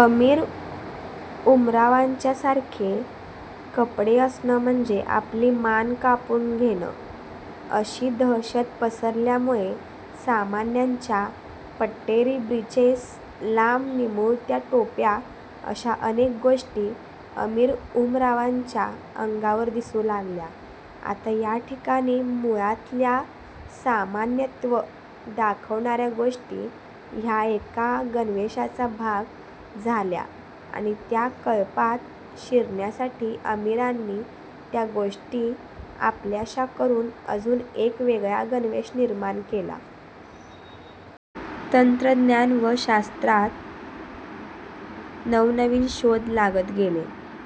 अमीरउमरावांच्यासारखे कपडे असणं म्हणजे आपली मान कापून घेणं अशी दहशत पसरल्यामुळे सामान्यांच्या पट्टेरी ब्रीचेस लांब निमुळत्या टोप्या अश्या अनेक गोष्टी अमीरउमरावांच्या अंगावर दिसू लागल्या. आता या ठिकाणी मुळातल्या सामान्यत्व दाखवणार्या गोष्टी ह्या एका गणवेशाचा भाग झाल्या आणि त्या कळपात शिरण्यासाठी अमीरांनी त्या गोष्टी आपल्याश्या करून अजून एक वेगळा गणवेश निर्माण केला. तंत्रज्ञान व शास्त्रात नवनवीन शोध लागत गेले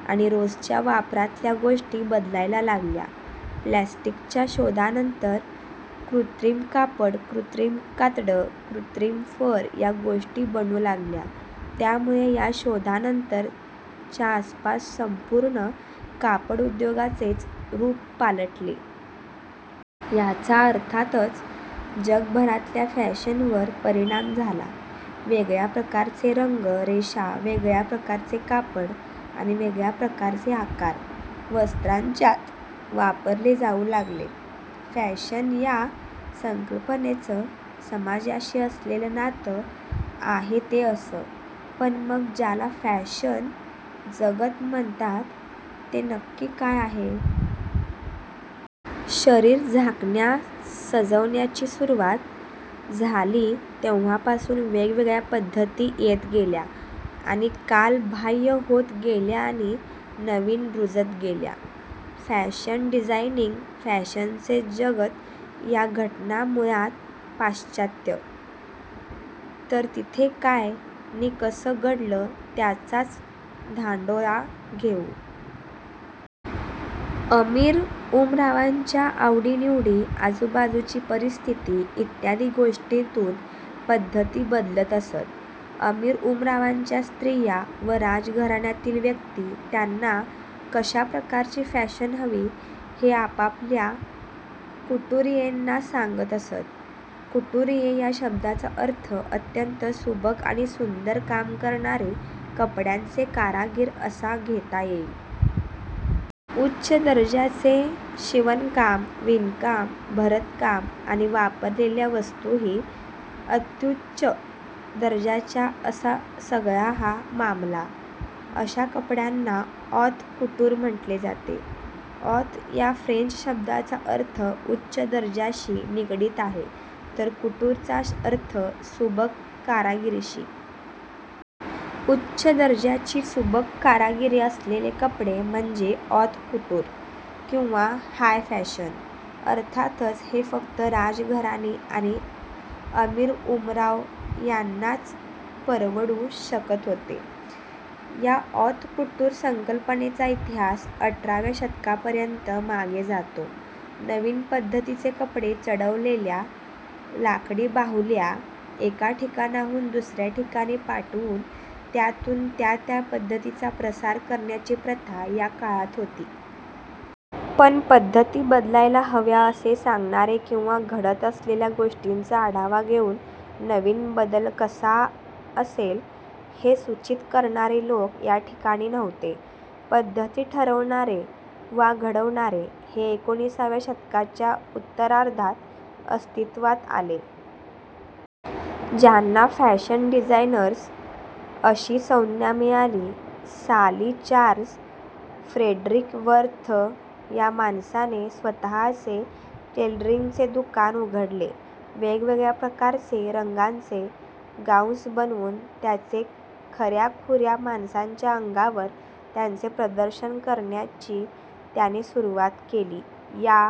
आणि रोजच्या वापरातल्या गोष्टी बदलायला लागल्या. प्लॅस्टीकच्या शोधानंतर कृत्रिम कापड, कृत्रिम कातडं, कृत्रिम फर या गोष्टी बनू लागल्या. त्यामुळे या शोधानंतर च्या आसपास संपूर्ण कापडउद्योगाचेच रूप पालटले. याचा अर्थातच जगभरातल्या फॅशनवर परिणाम झाला. वेगळ्या प्रकारचे रंग, रेषा, वेगळ्या प्रकारचे कापड आणि वेगळ्या प्रकारचे आकार वस्त्रांच्यात वापरले जाऊ लागले. फॅशन या संकल्पनेचं समाजाशी असलेलं नातं आहे ते असं. पण मग ज्याला फॅशन जगत म्हणतात ते नक्की काय आहे? शरीर झाकण्या-सजवण्याची सुरूवात झाली तेव्हापासून वेगवेगळ्या पद्धती येत गेल्या आणि कालबाह्य होत गेल्या आणि नवीन रूजत गेल्या. फॅशन डिझायनिंग/ फॅशनचे जगत या घटना मुळात पाश्चात्य. तर तिथे काय नि कसं घडलं त्याचाच धांडोळा घेऊ. अमीरउमरावांच्या आवडीनिवडी, आजूबाजूची परिस्थिती इत्यादी गोष्टींतून पद्धती बदलत असत. अमीरउमरावांच्या स्त्रिया व राजघराण्यातील व्यक्ती त्यांना कश्या प्रकारची फॅशन हवी हे आपापल्या कुटुरियेंना सांगत असत. कुटुरीये या शब्दाचा अर्थ अत्यंत सुबक आणि सुंदर काम करणारे कपड्यांचे कारागिर असा घेता येईल. उच्च दर्जाचे शिवणकाम, विणकाम, भरतकाम आणि वापरलेल्या वस्तूही अत्युच्च दर्जाच्या असा सगळा हा मामला. अश्या कपड्यांना ऑत कुटूर म्हटले जाते. ऑत या फ्रेंच शब्दाचा अर्थ उच्च दर्जाशी निगडीत आहे तर कुटूर चा अर्थ सुबक कारागिरीशी. उच्च दर्जाची सुबक कारागिरी असलेले कपडे म्हणजे ऑत कुटूर किंवा हाय फॅशन. अर्थातच हे फक्त राजघराणी आणि अमीरउमराव यांनाच परवडू शकत होते. या ऑत कुटूर संकल्पनेचा इतिहास अठराव्या शतकातपर्यंत मागे जातो. नवीन पद्धतीचे कपडे चढवलेल्या लाकडी बाहुल्या एका ठिकाणाहून दुसर्या ठिकाणी पाठवून त्यातून त्या त्या पद्धतीचा प्रसार करण्याची प्रथा या काळात होती. पण पद्धती बदलायला हव्या असे सांगणारे किंवा घडत असलेल्या गोष्टींचा आढावा घेऊन नवीन बदल कसा असेल हे सूचित करणारे लोक या ठिकाणी नव्हते. पद्धती ठरवणारे वा घडवणारे हे एकोणिसाव्या शतकाच्या उत्तरार्धात अस्तित्वात आले. ज्यांना फॅशन डिझायनर्स अशी संज्ञा मिळाली. साली चार्ल्स फ्रेडरीक वर्थ या माणसाने स्वतःचे टेलरींगचे दुकान उघडले वेगवेगळ्या प्रकारचे, रंगांचे गाउन्स बनवून त्याचे खर्याखुर्या माणसांच्या अंगावर त्यांचे प्रदर्शन करण्याची त्याने सुरूवात केली. या